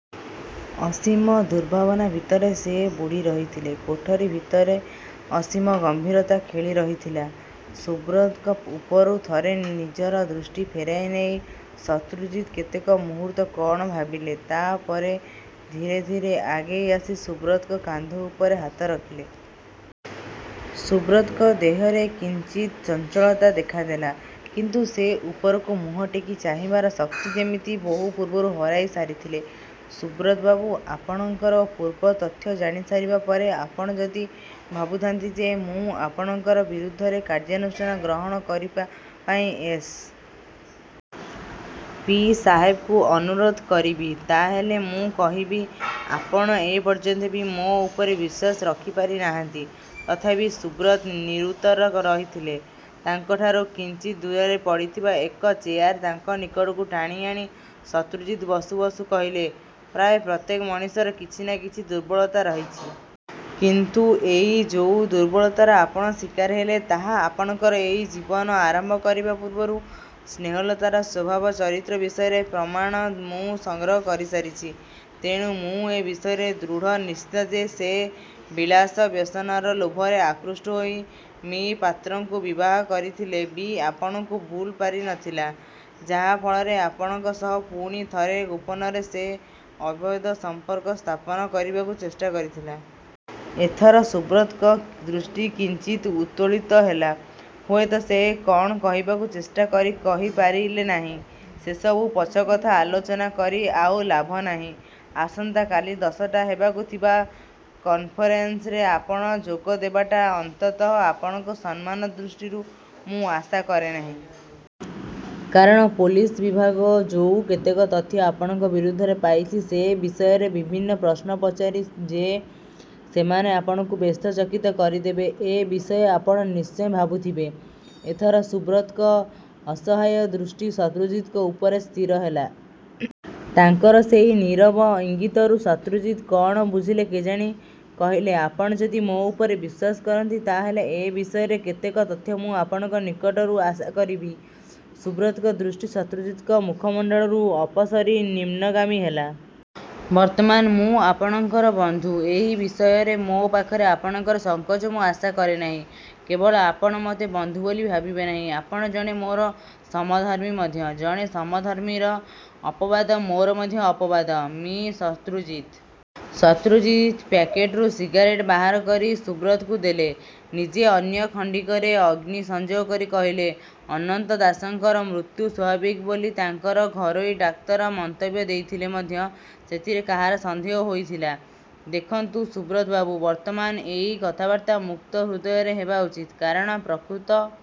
ଅସୀମ ଦୁର୍ଭାବନା ଭିତରେ ସେ ବୁଡ଼ି ରହିଥିଲେ। କୋଠରି ଭିତରେ ଅସୀମ ଗମ୍ଭୀରତା ଖେଳି ରହିଥିଲା। ସୁବ୍ରତଙ୍କ ଉପରୁ ଥରେ ନିଜର ଦୃଷ୍ଟି ଫେରାଇ ନେଇ ଶତ୍ରୁଜିତ କେତେକ ମୁହୂର୍ତ୍ତ କ'ଣ ଭାବିଲେ। ତା'ପରେ ଧୀରେ ଧୀରେ ଆଗେଇ ଆସି ସୁବ୍ରତଙ୍କ କାନ୍ଧ ଉପରେ ହାତ ରଖିଲେ। ସୁବ୍ରତଙ୍କ ଦେହରେ କିଞ୍ଚିତ୍ ଚଞ୍ଚଳତା ଦେଖାଦେଲା। କିନ୍ତୁ ସେ ଉପରକୁ ମୁହଁ ଟେକି ଚାହିଁବାର ଶକ୍ତି ଯେମିତି ବହୁ ପୂର୍ବରୁ ହରାଇ ସାରିଥିଲେ। 'ସୁବ୍ରତବାବୁ, ଆପଣଙ୍କର ପୂର୍ବ ତଥ୍ୟ ଜାଣିସାରିବା ପରେ ଆପଣ ଯଦି ଭାବୁଥାନ୍ତି ଯେ ମୁଁ ଆପଣଙ୍କର ବିରୁଦ୍ଧରେ କାର୍ଯ୍ୟାନୁଷ୍ଠାନ ଗ୍ରହଣ କରିବାପାଇଁ ଏସ୍. ପି. ସାହେବଙ୍କୁ ଅନୁରୋଧ କରିବି, ତା'ହେଲେ ମୁଁ କହିବି, ଆପଣ ଏପର୍ଯ୍ୟନ୍ତ ବି ମୋ ଉପରେ ବିଶ୍ୱାସ ରଖିପାରିନାହାନ୍ତି। ' ତଥାପି ସୁବ୍ରତ ନିରୁତ୍ତର ରହିଥିଲେ। ତାଙ୍କଠାରୁ କିଞ୍ଚିତ୍ ଦୂରରେ ପଡ଼ିଥିବା ଏକ ଚେୟାର ତାଙ୍କ ନିକଟକୁ ଟାଣି ଆଣି ଶତ୍ରୁଜିତ ବସୁ ବସୁ କହିଲେ, 'ପ୍ରାୟ ପ୍ରତ୍ୟେକ ମଣିଷର କିଛି ନା କିଛି ଦୁର୍ବଳତା ରହିଛି। କିନ୍ତୁ ଏଇ ଯୋଉ ଦୁର୍ବଳତାର ଆପଣ ଶିକାର ହେଲେ, ତାହା ଆପଣଙ୍କର ଏଇ ଜୀବନ ଆରମ୍ଭ କରିବା ପୂର୍ବରୁ। ସ୍ନେହଲତାର ସ୍ୱଭାବ ଚରିତ୍ର ବିଷୟରେ ପ୍ରମାଣ ମୁଁ ସଂଗ୍ରହ କରିସାରିଛି। ତେଣୁ ମୁଁ ଏ ବିଷୟରେ ଦୃଢ଼ ନିଶ୍ଚିତ ଯେ ସେ ବିଳାସ ବ୍ୟସନର ଲୋଭରେ ଆକୃଷ୍ଟ ହୋଇ ମି: ପାତ୍ରଙ୍କୁ ବିବାହ କରିଥିଲେ ବି ଆପଣଙ୍କୁ ଭୁଲ ପାରି ନଥିଲା, ଯାହା ଫଳରେ ଆପଣଙ୍କ ସହ ପୁଣି ଥରେ ଗୋପନରେ ସେ ଅବୈଧ ସଂପର୍କ ସ୍ଥାପନ କରିବାକୁ ଚେଷ୍ଟା କରିଥିଲା। ' ଏଥର ସୁବ୍ରତଙ୍କର ଦୃଷ୍ଟି କିଞ୍ଚିତ୍ ଉତ୍ତୋଳିତ ହେଲା। ହୁଏତ ସେ କ'ଣ କହିବାକୁ ଚେଷ୍ଟା କରି କହି ପାରିଲେ ନାହିଁ। 'ସେସବୁ ପଛକଥା ଆଲୋଚନା କରି ଆଉ ଲାଭ ନାହିଁ। ଆସନ୍ତା କାଲି ଦଶଟାରେ ହେବାକୁ ଥିବା କନ୍ଫରେନସ୍ରେ ଆପଣ ଯୋଗ ଦେବାଟା ଅନ୍ତତଃ ଆପଣଙ୍କ ସମ୍ମାନ ଦୃଷ୍ଟିରୁ ମୁଁ ଆଶା କରେ ନାହିଁ। କାରଣ ପୋଲିସ ବିଭାଗ ଯୋଉ କେତେକ ତଥ୍ୟ ଆପଣଙ୍କ ବିରୁଦ୍ଧରେ ପାଇଛି, ସେ ବିଷୟରେ ବିଭିନ୍ନ ପ୍ରଶ୍ନ ପଚାରି ଯେ ସେମାନେ ଆପଣଙ୍କୁ ବ୍ୟସ୍ତ ଚକିତ କରିଦେବେ ଏ ବିଷୟ ଆପଣ ନିଶ୍ଚୟ ଭାବୁଥିବେ। ' ଏଥର ସୁବ୍ରତଙ୍କ ଅସହାୟ ଦୃଷ୍ଟି ଶତ୍ରୁଜିତଙ୍କ ଉପରେ ସ୍ଥିର ହେଲା। ତାଙ୍କର ସେଇ ନୀରବ ଇଙ୍ଗିତରୁ ଶତ୍ରୁଜିତ କ'ଣ ବୁଝିଲେ କେଜାଣି କହିଲେ, 'ଆପଣ ଯଦି ମୋ ଉପରେ ବିଶ୍ୱାସ କରନ୍ତି, ତା'ହେଲେ ଏ ବିଷୟରେ କେତେକ ତଥ୍ୟ ମୁଁ ଆପଣଙ୍କ ନିକଟରୁ ଆଶା କରିବି। ' ସୁବ୍ରତଙ୍କର ଦୃଷ୍ଟି ଶତ୍ରୁଜିତଙ୍କ ମୁଖମଣ୍ଡଳରୁ ଅପସରି ନିମ୍ନଗାମୀ ହେଲା। 'ବର୍ତ୍ତମାନ ମୁଁ ଆପଣଙ୍କର ବନ୍ଧୁ। ଏ ବିଷୟରେ ମୋ ପାଖରେ ଆପଣଙ୍କର ସଂକୋଚ ମୁଁ ଆଶା କରେ ନାହିଁ। କେବଳ ଆପଣ ମୋତେ ବନ୍ଧୁ ବୋଲି ଭାବିବେ ନାହିଁ। ଆପଣ ଜଣେ ମୋର ସମଧର୍ମୀ ମଧ୍ୟ। ଜଣେ ସମଧର୍ମୀର ଅପବାଦ ମୋର ମଧ୍ୟ ଅପବାଦ। ' 'ମି: ଶତ୍ରୁଜିତ! ' ଶତ୍ରୁଜିତ ପ୍ୟାକେଟରୁ ସିଗାରେଟ ବାହାର କରି ସୁବ୍ରତଙ୍କୁ ଦେଲେ। ନିଜେ ଅନ୍ୟ ଖଣ୍ଡିକରେ ଅଗ୍ନି ସଂଯୋଗ କରି କହିଲେ, 'ଅନନ୍ତ ଦାସଙ୍କର ମୃତ୍ୟୁ ସ୍ୱାଭାବିକ ବୋଲି ତାଙ୍କର ଘରୋଇ ଡାକ୍ତର ମନ୍ତବ୍ୟ ଦେଇଥିଲେ ମଧ୍ୟ ସେଥିରେ କାହାର ସନ୍ଦେହ ହୋଇଥିଲା? ଦେଖନ୍ତୁ ସୁବ୍ରତବାବୁ ବର୍ତ୍ତମାନ ଏଇ କଥାବାର୍ତ୍ତା ମୁକ୍ତ ହୃଦୟରେ ହେବା ଉଚିତ। କାରଣ ପ୍ରକୃତ